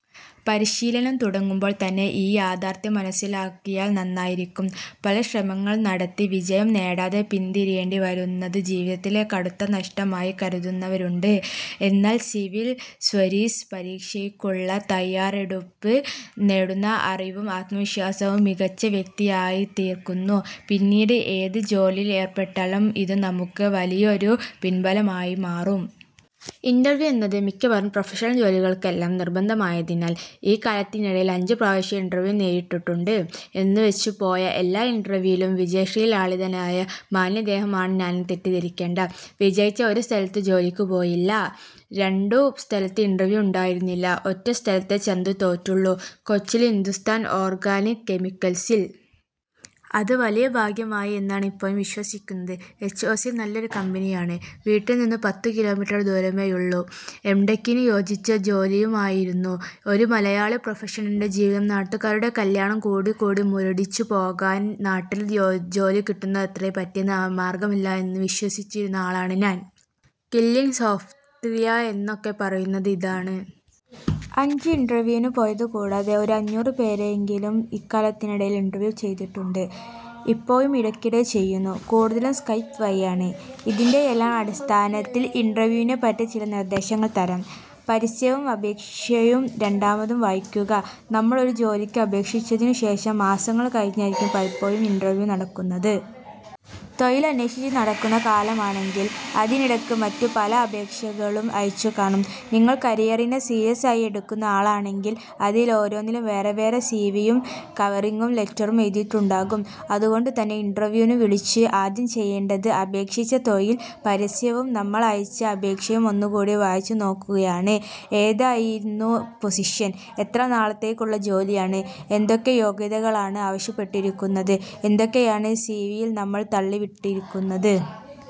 പരിശീലനം തുടങ്ങുമ്പോള് തന്നെ ഈ യാഥാര്ത്ഥ്യം മനസ്സിലാക്കിയാല് നന്നായിരിക്കും. പല ശ്രമങ്ങള് നടത്തി വിജയം നേടാതെ പിന്തിരിയേണ്ടി വരുന്നത് ജീവിതത്തിലെ കടുത്ത നഷ്ടമായി കരുതുന്നവരുണ്ട്. എന്നാല്, സിവില് സര്വീസ് പരീക്ഷയ്ക്കുള്ള തയ്യാറെടുപ്പിലൂടെ നേടുന്ന അറിവും ആത്മവിശ്വാസവും മികച്ച വ്യക്തിയാക്കിത്തീര്ക്കുന്നു. പിന്നീട് ഏത് ജോലിയില് ഏര്പ്പെട്ടാലും ഇത് നമുക്ക് വലിയൊരു പിന്ബലമായിമാറും. ഇന്റര്വ്യൂ എന്നത് മിക്കവാറും പ്രൊഫഷണല് ജോലികള്ക്കെല്ലാം നിര്ബന്ധമായതിനാല് ഇക്കാലത്തിനിടയില് അഞ്ചു പ്രാവശ്യം ഇന്റര്വ്യൂ നേരിട്ടിട്ടുണ്ട്. എന്നുവെച്ച് പോയ എല്ലാ ഇന്റര്വ്യൂവിലും വിജയശ്രീലാളിതനായ മാന്യദേഹം ആണ് ഞാനെന്ന് തെറ്റിദ്ധരിക്കേണ്ട. വിജയിച്ച ഒരു സ്ഥലത്ത് ജോലിക്കു പോയില്ല, രണ്ടു സ്ഥലത്ത് ഇന്റര്വ്യൂ ഉണ്ടായിരുന്നില്ല. ഒറ്റ സ്ഥലത്തേ ചന്തു തോറ്റുള്ളൂ, കൊച്ചിയില് ഹിന്ദുസ്ഥാന് ഓര്ഗാനിക്ക് കെമിക്കല്സില്. അത് വലിയ ഭാഗ്യമായി എന്നാണ് ഇപ്പോഴും വിശ്വസിക്കുന്നത്. എച്ച്ഒസി നല്ലൊരു കമ്പനിയാണ്, വീട്ടില് നിന്നും പത്തു കിലോമീറ്റര് ദൂരമേയുള്ളൂ, എംടെക്കിനു യോജിച്ച ജോലിയുമായിരുന്നു. ഒരു മലയാളി പ്രൊഫഷണലിന്റെ ജീവിതം നാട്ടുകാരുടെ കല്യാണം കൂടിക്കൂടി മുരടിച്ചു പോകാന് നാട്ടില് ജോലികിട്ടുന്നത്രയും പറ്റിയ മാര്ഗ്ഗമില്ല എന്ന് വിശ്വസിക്കുന്ന ആളാണ് ഞാന്. കില്ലിങ് യൊഉ സൊഫ്ത്ല്യ് എന്നൊക്കെ പറയുന്നത് ഇതാണ്. അഞ്ച് ഇന്റര്വ്യൂവിന് പോയതുകൂടാതെ ഒരു അഞ്ഞൂറ് പേരെയെങ്കിലും ഇക്കാലത്തിനിടയില് ഇന്റര്വ്യൂ ചെയ്തിട്ടുണ്ട്, ഇപ്പോഴും ഇടക്കിടക്ക് ചെയ്യുന്നു. കൂടുതലും സ്കൈപ്പ് വഴിയാണ്. ഇതിന്റെയെല്ലാം അടിസ്ഥാനത്തില് ഇന്റര്വ്യൂവിനെപ്പറ്റി ചില നിര്ദേശങ്ങള് തരാം.. പരസ്യവും അപേക്ഷയും രണ്ടാമതും വായിക്കുക:നമ്മള് ഒരു ജോലിക്ക് അപേക്ഷിച്ചതിനു ശേഷം മാസങ്ങള് കഴിഞ്ഞായിരിക്കും പലപ്പോഴും ഇന്റര്വ്യൂ നടക്കുന്നത്. തൊഴിലന്വേഷിച്ച് നടക്കുന്ന കാലമാണെങ്കില് അതിനിടക്ക് മറ്റു പല അപേക്ഷകളും അയച്ചുകാണും. നിങ്ങള് കരിയറിനെ സീരിയസായി എടുക്കുന്ന ആളാണെങ്കില് അതിലോരോന്നിലും വേറെവേറെ സിവിയും കവറിങ് ലെറ്ററും എഴുതിയിട്ടുണ്ടാകും. അതുകൊണ്ടുതന്നെ ഇന്റര്വ്യൂവിന് വിളിച്ചാല് ആദ്യം ചെയ്യേണ്ടത് അപേക്ഷിച്ച തൊഴില് പരസ്യവും നമ്മളയച്ച അപേക്ഷയും ഒന്നുകൂടി വായിച്ചുനോക്കുകയാണ്. ഏതായിരുന്നു പൊസിഷന്, എത്ര നാളത്തേക്കുള്ള ജോലിയാണ്, എന്തൊക്കെ യോഗ്യതകളാണ് ആവശ്യപ്പെട്ടിരിക്കുന്നത്, എന്തൊക്കെയാണ് സിവിയില് നമ്മള് 'തള്ളി'വിട്ടിരിക്കുന്നത്.